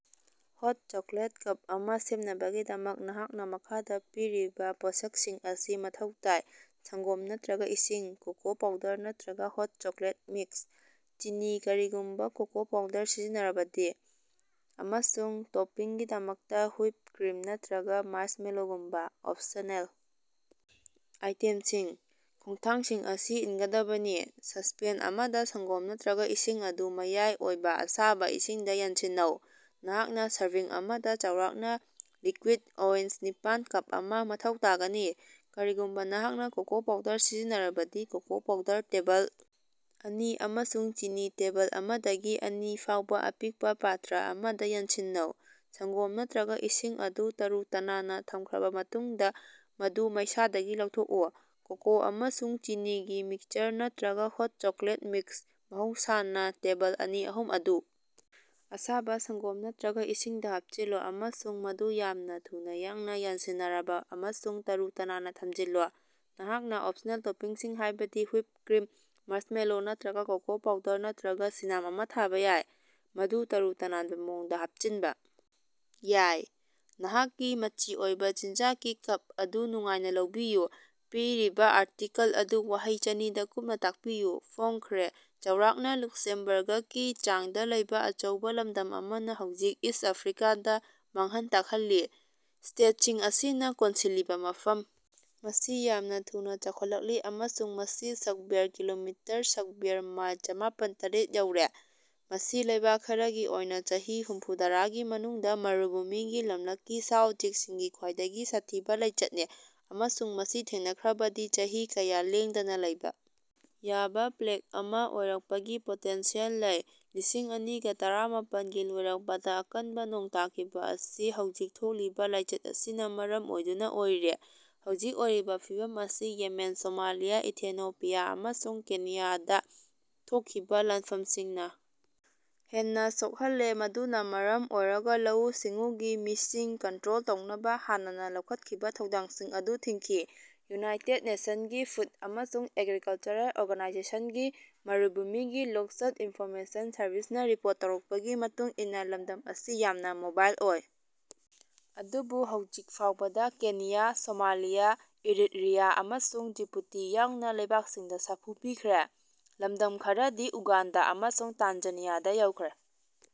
ꯍꯣꯠ chocolate cup ꯑꯃ ꯁꯦꯝꯅꯕꯒꯤꯗꯃꯛ ꯅꯍꯥꯛꯅ ꯃꯈꯥꯗ ꯄꯤꯔꯤꯕ ꯄꯣꯠꯁꯛꯁꯤꯡ ꯑꯁꯤ ꯃꯊꯧ ꯇꯥꯏ: ꯁꯪꯒꯣꯝ ꯅꯠꯇ꯭ꯔꯒ ꯏꯁꯤꯡ, ꯀꯣꯀꯣ ꯄꯥꯎꯗꯔ ꯅꯠꯇ꯭ꯔꯒ ꯍꯣꯠ ꯆꯣꯀꯣꯂꯦꯠ ꯃꯤꯛꯁ, ꯆꯤꯅꯤ (ꯀꯔꯤꯒꯨꯝꯕ ꯀꯣꯀꯣ ꯄꯥꯎꯗꯔ ꯁꯤꯖꯤꯟꯅꯔꯕꯗꯤ), ꯑꯃꯁꯨꯡ ꯇꯣꯄꯤꯡꯒꯤꯗꯃꯛꯇ ꯍꯨꯏꯞ ꯀ꯭ꯔꯤꯝ ꯅꯠꯇ꯭ꯔꯒ ꯃꯥꯔꯁꯃꯦꯂꯣꯒꯨꯝꯕ ꯑꯣꯞꯁꯅꯦꯜ ꯑꯥꯏꯇꯦꯝꯁꯤꯡ꯫ ꯈꯣꯡꯊꯥꯡꯁꯤꯡ ꯑꯁꯤ ꯏꯟꯒꯗꯕꯅꯤ: ꯁꯁꯄꯦꯟ ꯑꯃꯗ ꯁꯪꯒꯣꯝ ꯅꯠꯇ꯭ꯔꯒ ꯏꯁꯤꯡ ꯑꯗꯨ ꯃꯌꯥꯏ ꯑꯣꯏꯕ ꯑꯁꯥꯕ ꯏꯁꯤꯡꯗ ꯌꯥꯟꯁꯤꯟꯅꯧ꯫ ꯅꯍꯥꯛꯅ ꯁꯔꯚꯤꯡ ꯑꯃꯗ ꯆꯥꯎꯔꯥꯛꯅ ꯂꯤꯀ꯭ꯌꯨꯏꯗ ꯑꯣꯎꯟꯁ ꯅꯤꯄꯥꯟ(ꯀꯞ ꯑꯃ) ꯃꯊꯧ ꯇꯥꯒꯅꯤ꯫ ꯀꯔꯤꯒꯨꯝꯕ ꯅꯍꯥꯛꯅ ꯀꯣꯀꯣ ꯄꯥꯎꯗꯔ ꯁꯤꯖꯤꯟꯅꯔꯕꯗꯤ, ꯀꯣꯀꯣ ꯄꯥꯎꯗꯔ ꯇꯦꯕꯜ ꯑꯅꯤ ꯑꯃꯁꯨꯡ ꯆꯤꯅꯤ ꯇꯦꯕꯜ ꯑꯃꯗꯒꯤ ꯑꯅꯤ ꯐꯥꯎꯕ ꯑꯄꯤꯛꯄ ꯄꯥꯇ꯭ꯔ ꯑꯃꯗ ꯌꯥꯟꯁꯤꯟꯅꯧ꯫ ꯁꯪꯒꯣꯝ ꯅꯠꯇ꯭ꯔꯒ ꯏꯁꯤꯡ ꯑꯗꯨ ꯇꯔꯨ-ꯇꯅꯥꯟꯅ ꯊꯝꯈ꯭ꯔꯕ ꯃꯇꯨꯡꯗ ꯃꯗꯨ ꯃꯩꯁꯥꯗꯒꯤ ꯂꯧꯊꯣꯛꯎ꯫ ꯀꯣꯀꯣ ꯑꯃꯁꯨꯡ ꯆꯤꯅꯤꯒꯤ ꯃꯤꯛꯁꯆꯔ, ꯅꯠꯇ꯭ꯔꯒ ꯍꯣꯠ ꯆꯣꯀꯣꯂꯦꯠ ꯃꯤꯛꯁ (ꯃꯍꯧꯁꯥꯅꯥ ꯇꯦꯕꯜ ꯑꯅꯤ-ꯑꯍꯨꯝ) ꯑꯗꯨ ꯑꯁꯥꯕ ꯁꯪꯒꯣꯝ ꯅꯠꯇ꯭ꯔꯒ ꯏꯁꯤꯡꯗ ꯍꯥꯞꯆꯤꯜꯂꯨ ꯑꯃꯁꯨꯡ ꯃꯗꯨ ꯌꯥꯝꯅ ꯊꯨꯅ ꯌꯥꯡꯅ ꯌꯥꯟꯁꯤꯟꯅꯔꯕ ꯑꯃꯁꯨꯡ ꯇꯔꯨ-ꯇꯅꯥꯟꯅ ꯊꯝꯖꯤꯜꯂꯨ꯫ ꯅꯍꯥꯛꯅ ꯑꯣꯞꯁꯅꯦꯜ ꯇꯣꯄꯤꯡꯁꯤꯡ ꯍꯥꯏꯕꯗꯤ ꯍꯨꯏꯞ ꯀ꯭ꯔꯤꯝ, ꯃꯥꯔꯁꯃꯦꯂꯣ ꯅꯠꯇ꯭ꯔꯒ ꯀꯣꯀꯣ ꯄꯥꯎꯗꯔ ꯅꯠꯇ꯭ꯔꯒ ꯁꯤꯅꯥꯝ ꯑꯃ ꯊꯥꯕ ꯌꯥꯏ, ꯃꯗꯨ ꯇꯔꯨ-ꯇꯅꯥꯟꯕ ꯃꯑꯣꯡꯗ ꯍꯥꯞꯆꯤꯟꯕ ꯌꯥꯏ꯫ ꯅꯍꯥꯛꯀꯤ ꯃꯆꯤ ꯑꯣꯏꯕ ꯆꯤꯟꯖꯥꯛꯀꯤ ꯀꯞ ꯑꯗꯨ ꯅꯨꯡꯉꯥꯏꯅ ꯂꯧꯕꯤꯌꯨ꯫ ꯄꯤꯔꯤꯕ ꯑꯥꯔꯇꯤꯀꯜ ꯑꯗꯨ ꯋꯥꯍꯩ ꯆꯅꯤꯗ ꯀꯨꯞꯅ ꯇꯥꯛꯄꯤꯌꯨ꯫ ꯐꯣꯡꯈ꯭ꯔꯦ꯫ ꯆꯥꯎꯔꯥꯛꯅ ꯂꯨꯛꯁꯦꯝꯕꯥꯔꯒꯀꯤ ꯆꯥꯡꯗ ꯂꯩꯕ ꯑꯆꯧꯕ ꯂꯝꯗꯝ ꯑꯃꯅ ꯍꯧꯖꯤꯛ ꯏꯁ꯭ꯠ ꯑꯥꯐ꯭ꯔꯤꯀꯥꯗ ꯃꯥꯡꯍꯟ ꯇꯥꯛꯍꯜꯂꯤ꯫ ꯏꯟꯁꯦꯛꯇꯁꯤꯡ ꯑꯁꯤꯅ ꯀꯣꯟꯁꯤꯜꯂꯤꯕ ꯃꯐꯝ ꯃꯁꯤ ꯌꯥꯝꯅ ꯊꯨꯅ ꯆꯥꯎꯈꯠꯂꯛꯂꯤ ꯑꯃꯁꯨꯡ ꯃꯁꯤ ꯁꯛꯕ꯭ꯌꯥꯔ ꯀꯤꯂꯣꯃꯤꯇꯔ (ꯁꯛꯕ꯭ꯌꯥꯔ ꯃꯥꯏꯜ ꯆꯃꯥꯄꯟ ꯇꯔꯦꯠ) ꯌꯧꯔꯦ꯫ ꯃꯁꯤ ꯂꯩꯕꯛ ꯈꯔꯒꯤ ꯑꯣꯏꯅ ꯆꯍꯤ ꯍꯨꯝꯐꯨꯇꯔꯥꯒꯤ ꯃꯅꯨꯡꯗ ꯃꯔꯨꯚꯨꯃꯤꯒꯤ ꯂꯝꯂꯛꯀꯤ ꯁꯥ-ꯎꯆꯦꯛꯁꯤꯡꯒꯤ ꯈ꯭ꯋꯥꯏꯗꯒꯤ ꯁꯥꯊꯤꯕ ꯂꯥꯏꯆꯠꯅꯤ ꯑꯃꯁꯨꯡ ꯃꯁꯤ ꯊꯦꯡꯅꯈ꯭ꯔꯕꯗꯤ ꯆꯍꯤ ꯀꯌꯥ ꯂꯦꯡꯗꯅ ꯂꯩꯕ ꯌꯥꯕ ꯄ꯭ꯂꯦꯒ ꯑꯃ ꯑꯣꯏꯔꯛꯄꯒꯤ ꯄꯣꯇꯦꯟꯁꯤꯌꯦꯜ ꯂꯩ꯫ ꯂꯤꯁꯤꯡ ꯑꯅꯤꯒ ꯇꯔꯥꯃꯥꯄꯟ ꯒꯤ ꯂꯣꯏꯔꯛꯄꯗ ꯑꯀꯟꯕ ꯅꯣꯡ ꯇꯥꯈꯤꯕ ꯑꯁꯤ ꯍꯧꯖꯤꯛ ꯊꯣꯛꯂꯤꯕ ꯂꯥꯏꯆꯠ ꯑꯁꯤꯅ ꯃꯔꯝ ꯑꯣꯏꯗꯨꯅ ꯑꯣꯏꯔꯤ꯫ ꯍꯧꯖꯤꯛ ꯑꯣꯏꯔꯤꯕ ꯐꯤꯚꯝ ꯑꯁꯤ ꯌꯦꯃꯦꯟ, ꯁꯣꯃꯥꯂꯤꯌꯥ, ꯏꯊꯤꯑꯣꯄꯤꯌꯥ ꯑꯃꯁꯨꯡ ꯀꯦꯅꯤꯌꯥꯗ ꯊꯣꯛꯈꯤꯕ ꯂꯥꯟꯐꯝꯁꯤꯡꯅ ꯍꯦꯟꯅ ꯁꯣꯛꯍꯜꯂꯦ ꯃꯗꯨꯅ ꯃꯔꯝ ꯑꯣꯏꯔꯒ ꯂꯧꯎ-ꯁꯤꯡꯎꯒꯤ ꯃꯤꯁꯤꯡ ꯀꯟꯇ꯭ꯔꯣꯜ ꯇꯧꯅꯕ ꯍꯥꯟꯅꯅ ꯂꯧꯈꯠꯈꯤꯕ ꯈꯣꯡꯊꯥꯡꯁꯤꯡ ꯑꯗꯨ ꯊꯤꯡꯈꯤ꯫ ꯌꯨꯅꯥꯏꯇꯦꯗ ꯅꯦꯁꯟꯒꯤ ꯐꯨꯗ ꯑꯃꯁꯨꯡ ꯑꯦꯒ꯭ꯔꯤꯀꯜꯆꯔꯦꯜ ꯑꯣꯔꯒꯅꯥꯏꯖꯦꯁꯟꯒꯤ ꯃꯔꯨꯚꯨꯃꯤꯒꯤ ꯂꯣꯛꯁ꯭ꯠ ꯏꯟꯐꯣꯔꯃꯦꯁꯟ ꯁꯔꯚꯤꯁꯅ ꯔꯤꯄꯣꯔꯠ ꯇꯧꯔꯛꯄꯒꯤ ꯃꯇꯨꯡ ꯏꯟꯅ ꯂꯝꯗꯝ ꯑꯁꯤ ꯌꯥꯝꯅ ꯃꯣꯕꯥꯏꯜ ꯑꯣꯏ ꯑꯗꯨꯕꯨ ꯍꯧꯖꯤꯛ ꯐꯥꯎꯕꯗ ꯀꯦꯅꯤꯌꯥ, ꯁꯣꯃꯥꯂꯤꯌꯥ, ꯏꯔꯤꯠꯔꯤꯌꯥ ꯑꯃꯁꯨꯡ ꯖꯤꯕꯨꯇꯤ ꯌꯥꯎꯅ ꯂꯩꯕꯥꯛꯁꯤꯡꯗ ꯁꯥꯐꯨ ꯄꯤꯈ꯭ꯔꯦ꯫ ꯂꯝꯗꯝ ꯈꯔꯗꯤ ꯎꯒꯥꯟꯗꯥ ꯑꯃꯁꯨꯡ ꯇꯥꯟꯖꯥꯅꯤꯌꯥꯗꯥ ꯌꯧꯈ꯭ꯔꯦ꯫